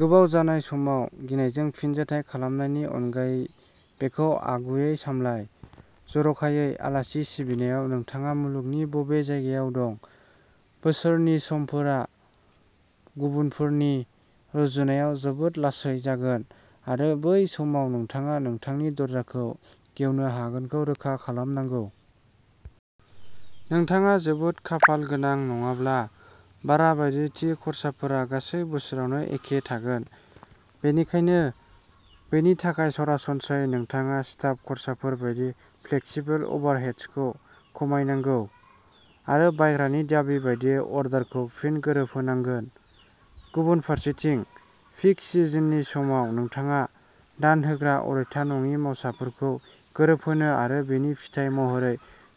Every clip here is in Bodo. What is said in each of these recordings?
गोबाव जानाय समाव गिनायजों फिनजाथाय खालामनायनि अनगायै बेखौ आगुयै सामलाय। जर'खायै आलासि सिबिनायाव नोंथाङा मुलुगनि बबे जायगायाव दं, बोसोरनि समफोरा गुबुनफोरनि रुजुनायाव जोबोद लासै जागोन आरो बै समाव नोंथाङा नोंथांनि दरजाखौ गेवनो हागोनखौ रोखा खालामनांगौ। नोंथाङा जोबोद खाफाल गोनां नङाब्ला, भारा बायदि थि खर्साफोरा गासै बोसोरावनो एखे थागोन, बेनिखायनो बेनि थाखाय सरासनस्रायै नोंथाङा स्टाफ खर्साफोर बायदि फ्लेक्सिबल अभारहेड्सखौ खमायनांगौ आरो बायग्रानि दाबि बायदियै अर्डारखौ फिन गोरोबहोनांगोन। गुबुन फारसेथिं, पीक सिजननि समाव नोंथाङा दान होग्रा अरायथा नङि मावसाफोरखौ गोरोबहोनो आरो बेनि फिथाय महरै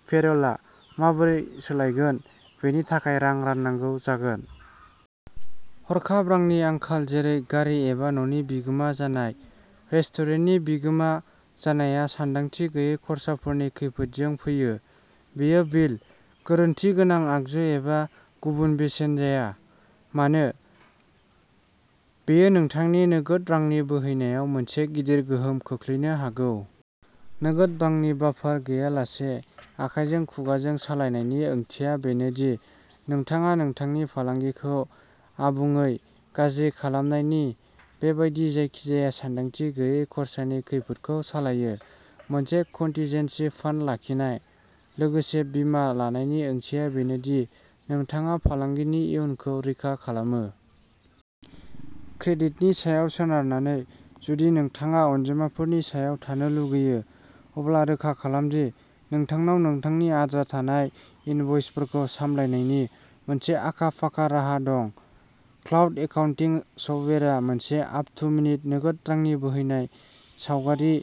पेर'लआ माबोरै सोलायगोन बेनि थाखाय रां राननांगौ जागोन। हरखाब रांनि आंखाल जेरै गारि एबा न'नि बिगोमा जानाय, रेस्टुरेन्टनि बिगोमा जानाया सानदांथि गैयै खर्साफोरनि खैफोदजों फैयो। बेयो बिल, गोरोन्थि गोनां आगजु एबा गुबुन बेसेन जाया मानो, बेयो नोंथांनि नोगोद रांनि बोहैनायाव मोनसे गिदिर गोहोम खोख्लैनो हागौ। नोगोद रांनि बाफार गैयालासे आखायजों खुगाजों सालायनायनि ओंथिया बेनो दि नोंथाङा नोंथांनि फालांगिखौ आबुङै गाज्रि खालामनायनि बेबादि जायखिजाया सानदांथि गैयै खरसानि खैफोदखौ सालायो। मोनसे कन्टिजेन्सि फान्ड लाखिनाय, लोगोसे बीमा लानायनि ओंथिया बेनो दि नोंथाङा फालांगिनि इयुनखौ रैखा खालामो। क्रेडिटनि सायाव सोनारनानै जुदि नोंथाङा अनजिमाफोरनि सायाव थानो लुगैयो, अब्ला रोखा खालाम दि नोंथांनाव नोंथांनि आद्रा थानाय इनभ'इसफोरखौ सामलायनायनि मोनसे आखा-फाखा राहा दं। क्लाउड एकाउन्टिंग सफ्टवेयरआ मोनसे आप-टु-मिनिट नोगोद रांनि बोहैनाय सावगारि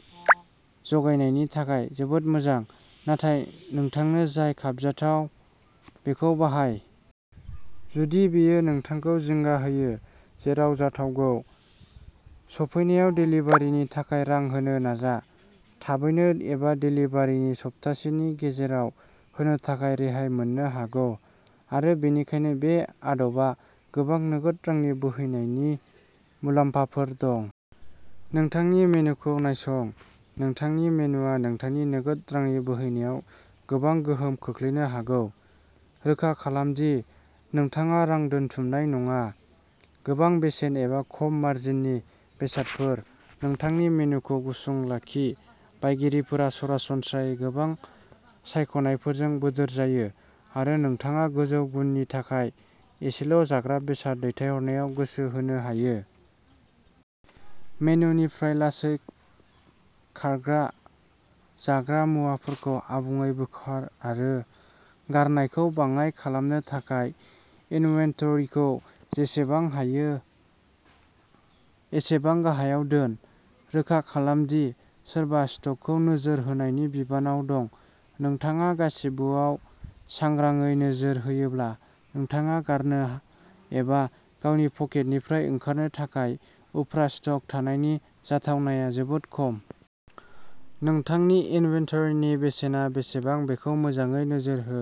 जगायनायनि थाखाय जोबोद मोजां, नाथाय नोंथांनो जाय खाबजाथाव बेखौ बाहाय। जुदि बेयो नोंथांखौ जिंगा होयो, जेराव जाथावगौ, सफैनायाव देलिभारिनि थाखाय रां होनो नाजा। थाबैनो एबा देलिभारिनि सप्तासेनि गेजेराव होनो थाखाय रेहाय मोननो हागौ आरो बेनिखायनो बे आदबा गोबां नोगोद रांनि बोहैनायनि मुलाम्फाफोर दं। नोंथांनि मेनुखौ नायसं-नोंथांनि मेनुआ नोंथांनि नोगोद रांनि बोहैनायाव गोबां गोहोम खोख्लैनो हागौ। रोखा खालाम दि नोंथाङा रां दोनथुमनाय नङा। गोबां बेसेन एबा खम मार्जिननि बेसादफोर नोंथांनि मेनुखौ गुसुं लाखि बायगिरिफोरा सरासनस्रायै गोबां सायख'नायफोरजों बोदोर जायो आरो नोंथाङा गोजौ गुननि थाखाय एसेल'जाग्रा बेसाद दैथायहरनायाव गोसो होनो हायो। मेनुनिफ्राय लासै खारग्रा जाग्रा मुवाफोरखौ आबुङै बोखार आरो गारनायखौ बाङाइ खालामनो थाखाय इन्वेन्टरिखौ जेसेबां हायो एसेबां गाहायाव दोन। रोखा खालाम दि सोरबा स्टकखौ नोजोर होनायनि बिबानआव दं। नोंथाङा गासिबोआव सांग्राङै नोजोर होयोब्ला नोंथाङा गारनो एबा गावनि पकेटनिफ्राय ओंखारनो थाखाय उफ्रा स्टक थानायनि जाथावनाया जोबोद खम। नोंथांनि इन्वेन्टारिनि बेसेना बेसेबां बेखौ मोजाङै नोजोर हो।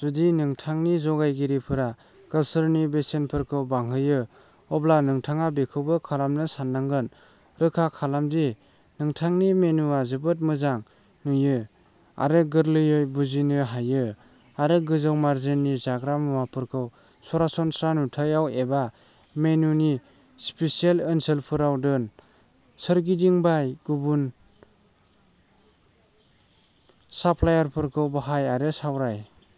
जुदि नोंथांनि जगायगिरिफोरा गावसोरनि बेसेनफोरखौ बांहोयो अब्ला नोंथाङा बेखौबो खालामनो साननांगोन। रोखा खालाम दि नोंथांनि मेनुआ जोबोद मोजां नुयो आरो गोरलैयै बुजिनो हायो आरो गोजौ मार्जिननि जाग्रा मुवाफोरखौ सरासनस्रा नुथायाव एबा मेनुनि'स्पेशियेल' ओनसोलफोराव दोन। सोरगिदिं बाय गुबुन साप्लायरफोरखौ बाहाय आरो सावराय।